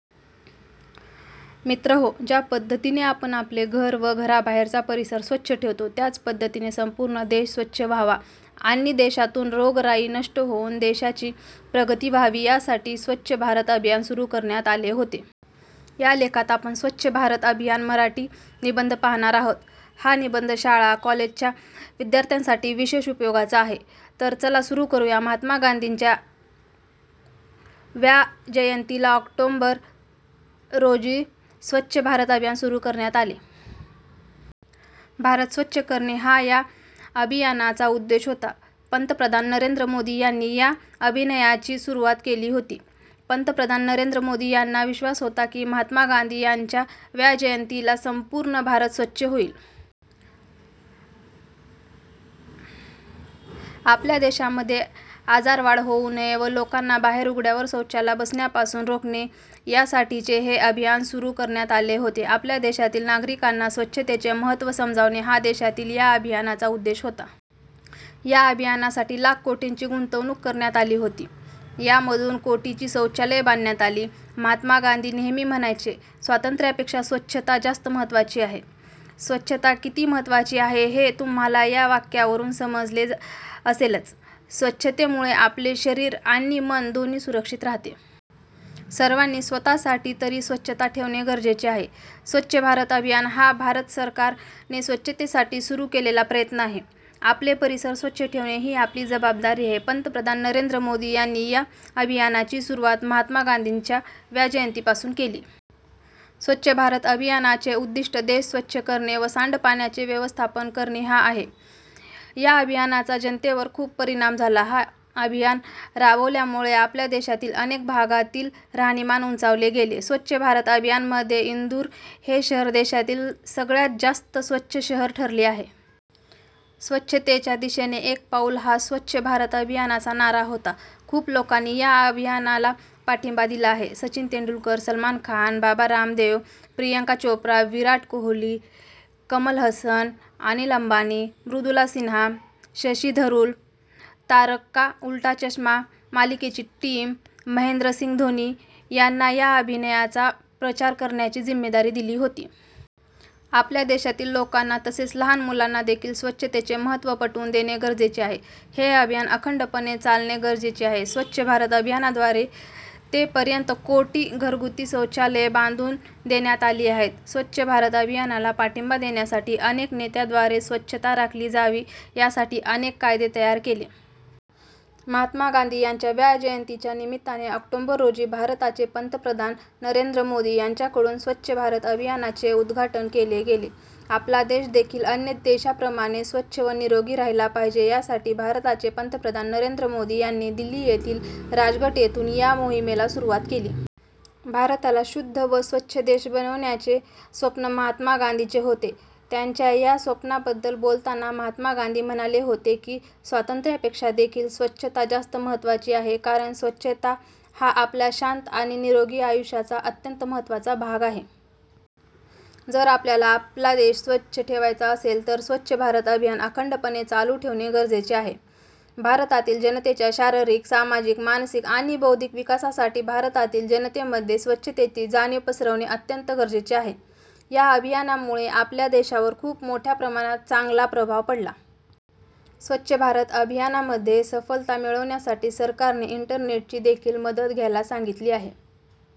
मित्रहो ज्या पद्धतीने आपण आपले घर व घराबाहेरचा परिसर स्वच्छ ठेवतो त्याच पद्धतीने संपूर्ण देश स्वच्छ व्हावा आणि देशातून रोगराई नष्ट होऊन देशाची प्रगती व्हावी यासाठी स्वच्छ भारत अभियान सुरू करण्यात आले होते. या लेखात आपण स्वच्छ भारत अभियान मराठी निबंध पाहणार आहोत. हा निबंध शाळा कॉलेज च्या विद्यार्थ्यांसाठी विशेष उपयोगाचा आहे. तर चला सुरू करूया. महात्मा गांधींच्या व्या जयंती ला ऑक्टोंबर रोजी स्वच्छ भारत अभियान सुरु करण्यात आले. भारत स्वच्छ करणे हा या अभियानाचा उद्देश होता. पंतप्रधान नरेंद्र मोदी यांनी या अभियानाची सुरुवात केली होती. पंतप्रधान नरेंद्र मोदी यांना विश्वास होता की महात्मा गांधी यांच्या व्या जयंतीला संपूर्ण भारत स्वच्छ होईल. आपल्या देशामध्ये आजारवाढ होऊ नये व लोकांना बाहेर उघड्यावर शौचाला बसण्या पासून रोखणे या साठीच हे अभियान सुरू करण्यात आले होते. आपल्या देशातील नागरिकांना स्वच्छतेचे महत्त्व समजावणे हा देखील या अभियानाचा उद्देश होता. या अभियानासाठी लाख कोटींची गुंतवणूक करण्यात आली होती. यामधुन कोटींची शौचालये बांधण्यात आली. महात्मा गांधी नेहमी म्हणायचे स्वातंत्र्यापेक्षा स्वच्छता जास्त महत्वाची आहे. स्वच्छता किती महत्त्वाची आहे हे तुम्हाला या वाक्यावरुन समजले असेलच. स्वच्छते मुळे आपले शरीर आणि मन दोन्ही सुरक्षित राहते. सर्वांनी स्वत:साठी तरी स्वच्छता ठेवणे गरजेचे आहे. स्वच्छ भारत अभियान हा भारत सरकार ने स्वच्छतेसाठी सुरू केलेला प्रयत्न आहे. आपले परीसर स्वच्छ ठेवणे ही आपली जबाबदारी आहे. पंतप्रधान नरेंद्र मोदी यांनी या अभियानाची सुरुवात महात्मा गांधींच्या व्या जयंतीपासून केली. स्वच्छ भारत अभियानाचे उद्दिष्ट देश स्वच्छ करणे व सांडपाण्याचे व्यवस्थापन करणे हा आहे. या अभियानाचा जनतेवर खूप परिणाम झाला. हा अभियान राबवल्यामुळे आपल्या देशातील अनेक भागातील राहणीमान उंचावले गेले. स्वच्छ भारत अभियाना मध्ये इंदूर हे शहर देशातील सगळ्यात जास्त स्वच्छ शहर ठरले आहे. स्वच्छतेच्या दिशेने एक पाऊल हा स्वच्छ भारत अभियानाचा नारा होता. खुप लोकांनी या अभियानाला पाठिंबा दिला आहे. सचिन तेंडूलकर, सलमान खान, बाबा रामदेव, प्रियंका चोप्रा, विराट कोहली, कमल हसन, अनिल अंबानी, मृदुला सिन्हा, शशी थरूर, तारक का उलटा चश्मा मालिकेची टिम, महेंद्रसिगं धोनी यांना या अभियानाचा प्रचार करण्याची जिम्मेदारी दिली होती. आपल्या देशातील लोकांना तसेच लहान मुलांना देखील स्वच्छतेचे महत्त्व पटवून देणे गरजेचे आहे. हे अभियान अखंडपणे चालणे गरजेचे आहे. स्वच्छ भारत अभियानाद्वारे ते पर्यंत कोटी घरगुती शौचालये बांधुन देण्यात आली आहेत. स्वच्छ भारत अभियानाला पाठिंबा देण्यासाठी अनेक नेत्यांद्वारे स्वच्छता राखली जावी यासाठी अनेक कायदे तयार केले. महात्मा गांधी यांच्या व्या जयंतीच्या निमित्ताने ऑक्टोबर रोजी भारताचे पंतप्रधान नरेंद्र मोदी यांच्या कडून स्वच्छ भारत अभियानाचे उद्घाटन केले गेले. आपला देश देखील अन्य देशांप्रमाणे स्वच्छ व निरोगी राहायला पाहिजे यासाठी भारताचे पंतप्रधान नरेंद्र मोदी यांनी दिल्ली येथील राजघाट येथून या मोहिमेला सुरुवात केली. भारताला शुद्ध व स्वच्छ देश बनवण्याचे स्वप्न महात्मा गांधींचे होते. त्यांच्या या स्वप्नाबद्दल बोलताना महात्मा गांधी म्हणाले होते की स्वातंत्र्यापेक्षा देखील स्वच्छता जास्त महत्वाची आहे कारण स्वच्छता हा आपल्या शांत आणि निरोगी आयुष्याचा अत्यंत महत्वाचा भाग आहे. जर आपल्याला आपला देश स्वच्छ ठेवायचा असेल तर स्वच्छ भारत अभियान अखंडपणे चालू ठेवणे गरजेचे आहे. भारतातील जनतेच्या शारीरिक, सामाजिक, मानसिक आणि बौद्धिक विकासासाठी भारतातील जनतेमध्ये स्वच्छतेची जाणीव पसरवणे अत्यंत गरजेचे आहे. या अभियानामुळे आपल्या देशावर खुप मोठ्या प्रमाणात चांगला प्रभाव पडला. स्वच्छ भारत अभियानामध्ये सफलता मिळवण्यासाठी सरकारने इंटरनेट ची देखील मदत घ्यायला सांगितली आहे.